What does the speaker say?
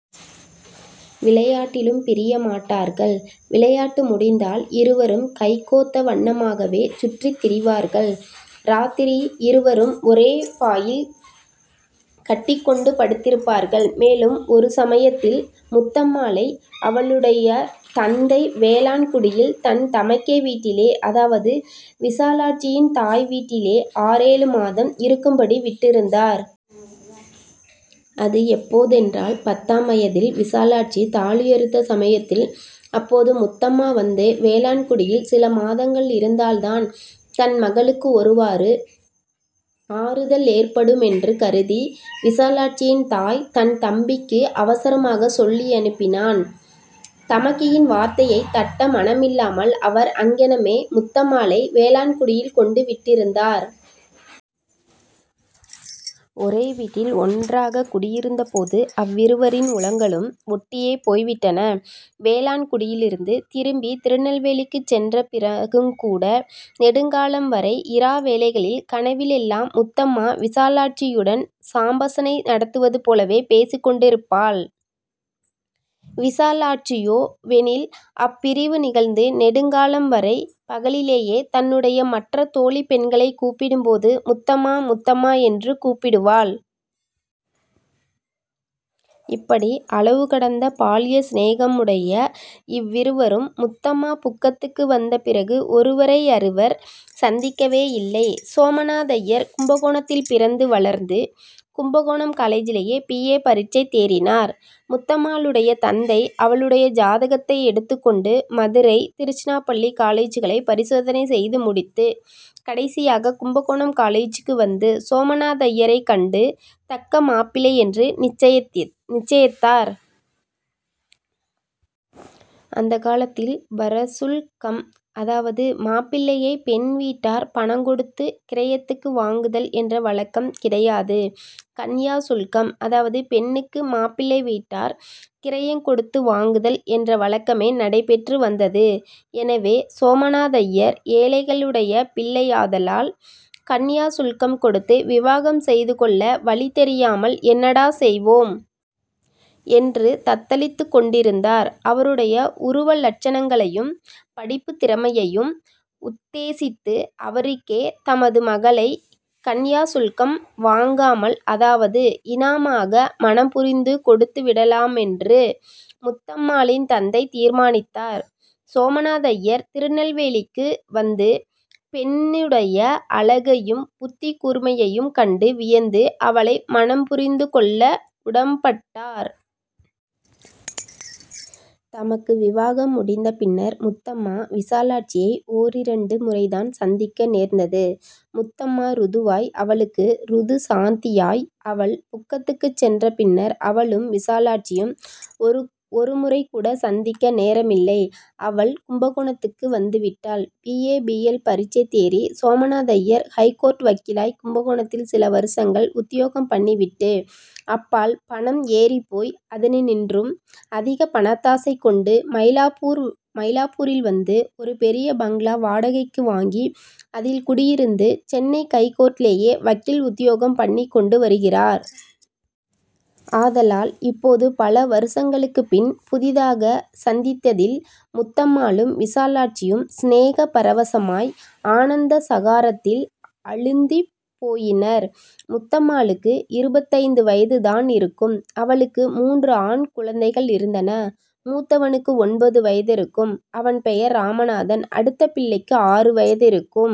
விளையாட்டிலும் பிரிய மாட்டார்கள். விளையாட்டு முடிந்தால் இருவரும் கைகோத்த வண்ணமாகவே சுற்றித் திரிவார்கள். இராத்திரி, இருவரும் ஒரே பாயில் கட்டிக் கொண்டு படுத்திருப்பார்கள். மேலும், ஒரு சமயத்தில் முத்தம்மாளை அவளுடைய தந்தை வேளாண்குடியில் தன் தமக்கை வீட்டிலேயே, அதாவது, விசாலாட்சியின் தாய் வீட்டிலேயே, ஆறேழு மாதம் இருக்கும்படி விட்டிருந்தார். அது எப்போதென்றால், பத்தாம் வயதில் விசாலாட்சி தாலியறுத்த சமயத்தில், அப்போது முத்தம்மா வந்து வேளாண்குடியில் சில மாதங்களிருந்தால்தான் தன் மகளுக்கு ஒருவாறு ஆறுதலேற்படுமென்று கருதி விசாலாட்சியின் தாய் தன் தம்பிக்கு அவசரமாகச் சொல்லியனுப்பினான். தமக்கையின் வார்த்தையைத் தட்ட மனமில்லாமல், அவர் அங்ஙனமே முத்தம்மாளை வேளாண்குடியில் கொண்டு விட்டிருந்தார். ஒரே வீட்டில் ஒன்றாகக் குடியிருந்தபோது அவ்விருவரின் உளங்களும் ஒட்டியே போய்விட்டன. வேளாண்குடியிலிருந்து திரும்பித் திருநெல்வேலிக்குச் சென்ற பிறகுங்கூட நெடுங்காலம் வரை இரா வேளைகளில் கனவிலெல்லாம் முத்தம்மா விசாலாட்சியுடன் சம்பாஷணை நடத்துவது போலவே பேசிக் கொண்டிருப்பாள். விசாலாட்சியோவெனில், அப்பிரிவு நிகழ்ந்து நெடுங்காலம் வரை பகலிலேயே தன்னுடைய மற்றத் தோழிப் பெண்களைக் கூப்பிடும்போது 'முத்தம்மா, முத்தம்மா' என்று கூப்பிடுவாள். இப்படி அளவு கடந்த பால்ய சிநேகமுடைய இவ்விருவரும், முத்தம்மா புக்கத்துக்கு வந்த பிறகு ஒருவரையருவர் சந்திக்கவேயில்லை. சோமநாதய்யர் கும்பகோணத்தில் பிறந்து வளர்ந்து கும்பகோணம் காலேஜிலேயே பீ. ஏ. பரீட்சை தேறினார். முத்தம்மாளுடைய தந்தை அவளுடைய ஜாதகத்தை எடுத்துக்கொண்டு மதுரை, திருச்சினாப்பள்ளி, காலேஜ்களைப் பரிசோதனை செய்து முடித்துக் கடைசியாகக் கும்பகோணம் காலேஜுக்கு வந்து சோமநாதய்யரைக் கண்டு தக்க மாப்பிள்ளையென்று நிச்சயித்தார். அந்தக் காலத்தில் வரசுல்கம்-அதாவது மாப்பிள்ளையைப் பெண் வீட்டார் பணங் கொடுத்துக் கிரயத்துக்கு வாங்குதல்-என்ற வழக்கம் கிடையாது. கன்யா சுல்கம்-அதாவது பெண்ணுக்கு மாப்பிள்ளை வீட்டார் கிரயங் கொடுத்து வாங்குதல்-என்ற வழக்கமே நடைபெற்று வந்தது. எனவே, சோமநாதய்யர் ஏழைகளுடைய பிள்ளையாதலால், கன்யாசுல்கம் கொடுத்து விவாகம் செய்து கொள்ள வழி தெரியாமல் ''என்னடா, செய்வோம்! '' என்று தத்தளித்துக் கொண்டிருந்தார். அவருடைய உருவ லட்சணங்களையும் படிப்புத் திறமையையும் உத்தேசித்து அவருக்கே தமது மகளைக் கன்யா சுல்கம் வாங்காமல், அதாவது இனாமாக, மணம்புரிந்து கொடுத்து விடலாமென்று முத்தம்மாளின் தந்தை தீர்மானித்தார். சோமநாதய்யர் திருநெல்வேலிக்கு வந்து பெண்ணுடைய அழகையும் புத்திக் கூர்மையையும் கண்டு வியந்து அவளை மணம்புரிந்து கொள்ள உடம்பட்டார். தனக்கு விவாகம் முடிந்த பின்னர் முத்தம்மா விசாலாட்சியை ஓரிரண்டு முறைதான் சந்திக்க நேர்ந்தது. முத்தம்மா ருதுவாய், அவளுக்கு ருது சாந்தியாய் அவள் புக்ககத்துக்குச் சென்ற பின்னர் அவளும் விசாலாட்சியும் ஒருமுறைகூட சந்திக்க நேரமில்லை. அவள் கும்பகோணத்துக்கு வந்துவிட்டாள். பி. A., B. எல். பரீட்சை தேறி, சோமநாதய்யர், ஹைகோர்ட் வக்கீலாய் கும்பகோணத்தில் சில வருஷங்கள் உத்தியோகம் பண்ணிவிட்டு, அப்பால் பணம் ஏறிப்போய் அதினின்றும் அதிகப் பணத்தாசை கொண்டு மயிலாப்பூரில் வந்து ஒரு பெரிய பங்களா வாடகைக்கு வாங்கி அதில் குடியிருந்து சென்னை ஹைகோர்ட்டிலேயே வக்கீல் உத்தியோகம் பண்ணிக்கொண்டு வருகிறார். ஆதலால், இப்போது, பல வருஷங்களுக்குப் பின் புதிதாக சந்தித்ததில், முத்தம்மாளும் விசாலாட்சியும் சிநேக பரவசமாய் ஆனந்த சாகரத்தில் அழுந்திப் போயினர். முத்தம்மாளுக்கு இருபத்தைந்து வயது தானிருக்கும். அவளுக்கு மூன்று ஆண் குழந்தைகளிருந்தன. மூத்தவனுக்கு ஒன்பது வயதிருக்கும். அவன் பெயர் ராமநாதன். அடுத்த பிள்ளைக்கு ஆறு வயதிருக்கும்.